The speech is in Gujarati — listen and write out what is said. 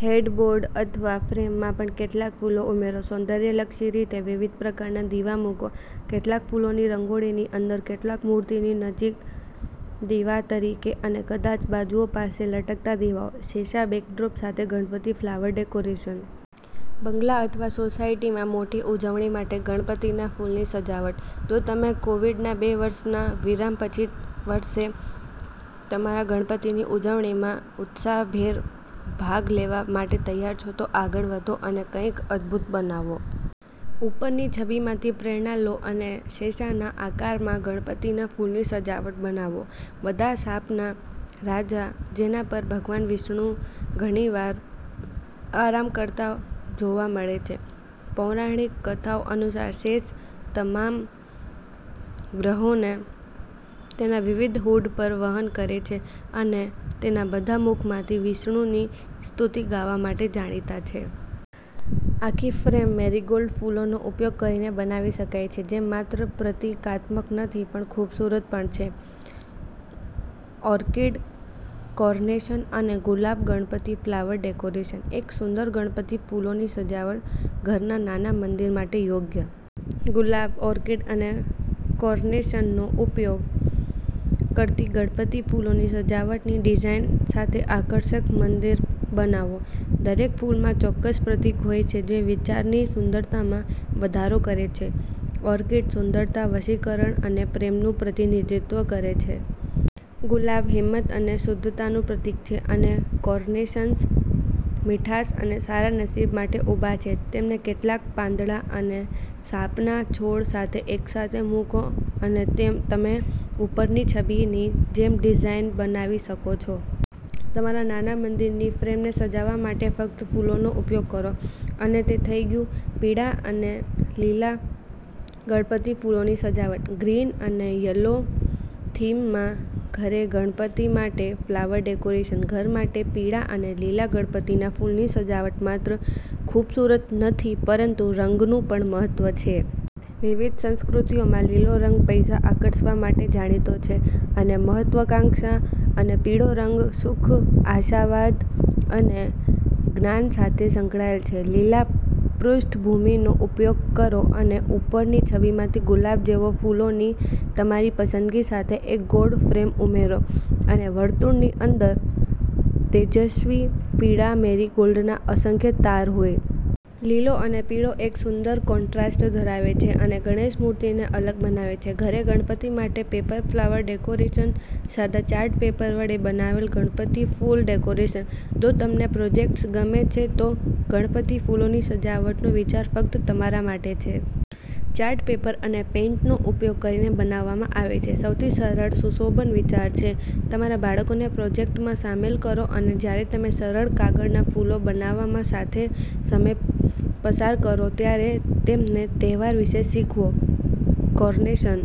હેડબોર્ડ અથવા ફ્રેમમાં પણ કેટલાક ફૂલો ઉમેરો. સૌંદર્યલક્ષી રીતે વિવિધ પ્રકારનાં દીવા મૂકો. કેટલાક ફૂલોની રંગોળીની અંદર, કેટલાક મૂર્તિની નજીક દીવા તરીકે, અને કદાચ બાજુઓ પાસે લટકતા દીવાઓ. શેષા બેકડ્રોપ સાથે ગણપતિ ફ્લાવર ડેકોરેશન. બંગલા અથવા સોસાયટીમાં મોટી ઉજવણી માટે ગણપતિના ફૂલની સજાવટ. જો તમે કોવિડના બે વર્ષના વિરામ પછી વર્ષે તમારા ગણપતિની ઉજવણીમાં ઉત્સાહભેર ભાગ લેવા માટે તૈયાર છો, તો આગળ વધો અને કંઈક અદ્ભુત બનાવો. ઉપરની છબીમાંથી પ્રેરણા લો અને શેષાના આકારમાં ગણપતિના ફૂલની સજાવટ બનાવો. બધા સાપના રાજા જેના પર ભગવાન વિષ્ણુ ઘણીવાર આરામ કરતા જોવા મળે છે. પૌરાણિક કથાઓ અનુસાર, શેષ તમામ ગ્રહોને તેના વિવિધ હૂડ પર વહન કરે છે અને તેના બધા મુખમાંથી વિષ્ણુની સ્તુતિ ગાવા માટે જાણીતા છે. આખી ફ્રેમ મેરીગોલ્ડ ફૂલોનો ઉપયોગ કરીને બનાવી શકાય છે જે માત્ર પ્રતીકાત્મક નથી પણ ખૂબસૂરત પણ છે. ઓર્કિડ, કાર્નેશન અને ગુલાબ ગણપતિ ફ્લાવર ડેકોરેશન. એક સુંદર ગણપતિ ફૂલોની સજાવટ, ઘરના નાના મંદિર માટે યોગ્ય. ગુલાબ, ઓર્કિડ અને કાર્નેશનનો ઉપયોગ કરતી ગણપતિ ફૂલોની સજાવટની ડિઝાઇન સાથે આકર્ષક મંદિર બનાવો. દરેક ફૂલમાં ચોક્કસ પ્રતીક હોય છે જે વિચારની સુંદરતામાં વધારો કરે છે. ઓર્કિડ સુંદરતા, વશીકરણ અને પ્રેમનું પ્રતિનિધિત્વ કરે છે. ગુલાબ હિંમત અને શુદ્ધતાનું પ્રતીક છે, અને કાર્નેશન્સ મીઠાશ અને સારા નસીબ માટે ઊભા છે. તેમને કેટલાક પાંદડા અને સાપના છોડ સાથે એકસાથે મૂકો, અને તમે ઉપરની છબીની જેમ ડિઝાઇન બનાવી શકો છો. તમારા નાના મંદિરની ફ્રેમને સજાવવા માટે ફક્ત ફૂલોનો ઉપયોગ કરો, અને તે થઈ ગયું. પીળા અને લીલા ગણપતિ ફૂલોની સજાવટ. ગ્રીન અને યલો થીમમાં ઘરે ગણપતિ માટે ફ્લાવર ડેકોરેશન. ઘર માટે પીળા અને લીલા ગણપતિના ફૂલની સજાવટ માત્ર ખૂબસૂરત નથી પરંતુ રંગનું પણ મહત્વ છે. વિવિધ સંસ્કૃતિઓમાં, લીલો રંગ પૈસા આકર્ષવા માટે જાણીતો છે, અને મહત્વાકાંક્ષા અને પીળો રંગ સુખ, આશાવાદ અને જ્ઞાન સાથે સંકળાયેલ છે. લીલા પૃષ્ઠભૂમિનો ઉપયોગ કરો અને ઉપરની છબીમાંથી ગુલાબ જેવા ફૂલોની તમારી પસંદગી સાથે એક ગોળ ફ્રેમ ઉમેરો અને વર્તુળની અંદર, તેજસ્વી પીળા મેરીગોલ્ડના અસંખ્ય તાર હોય. લીલો અને પીળો એક સુંદર કોન્ટ્રાસ્ટ ધરાવે છે અને ગણેશ મૂર્તિને અલગ બનાવે છે. ઘરે ગણપતિ માટે પેપર ફ્લાવર ડેકોરેશન. સાદા ચાર્ટ પેપર વડે બનાવેલ ગણપતિ ફૂલ ડેકોરેશન. જો તમને પ્રોજેક્ટ્સ ગમે છે, તો ગણપતિ ફૂલોની સજાવટનો વિચાર ફક્ત તમારા માટે છે. ચાર્ટ પેપર અને પેઇન્ટનો ઉપયોગ કરીને બનાવવામાં આવે છે, સૌથી સરળ સુશોભન વિચાર છે. તમારા બાળકોને પ્રોજેક્ટમાં સામેલ કરો અને જ્યારે તમે સરળ કાગળના ફૂલો બનાવવામાં સાથે સમય પસાર કરો ત્યારે તેમને તહેવાર વિશે શીખવો. કાર્નેશન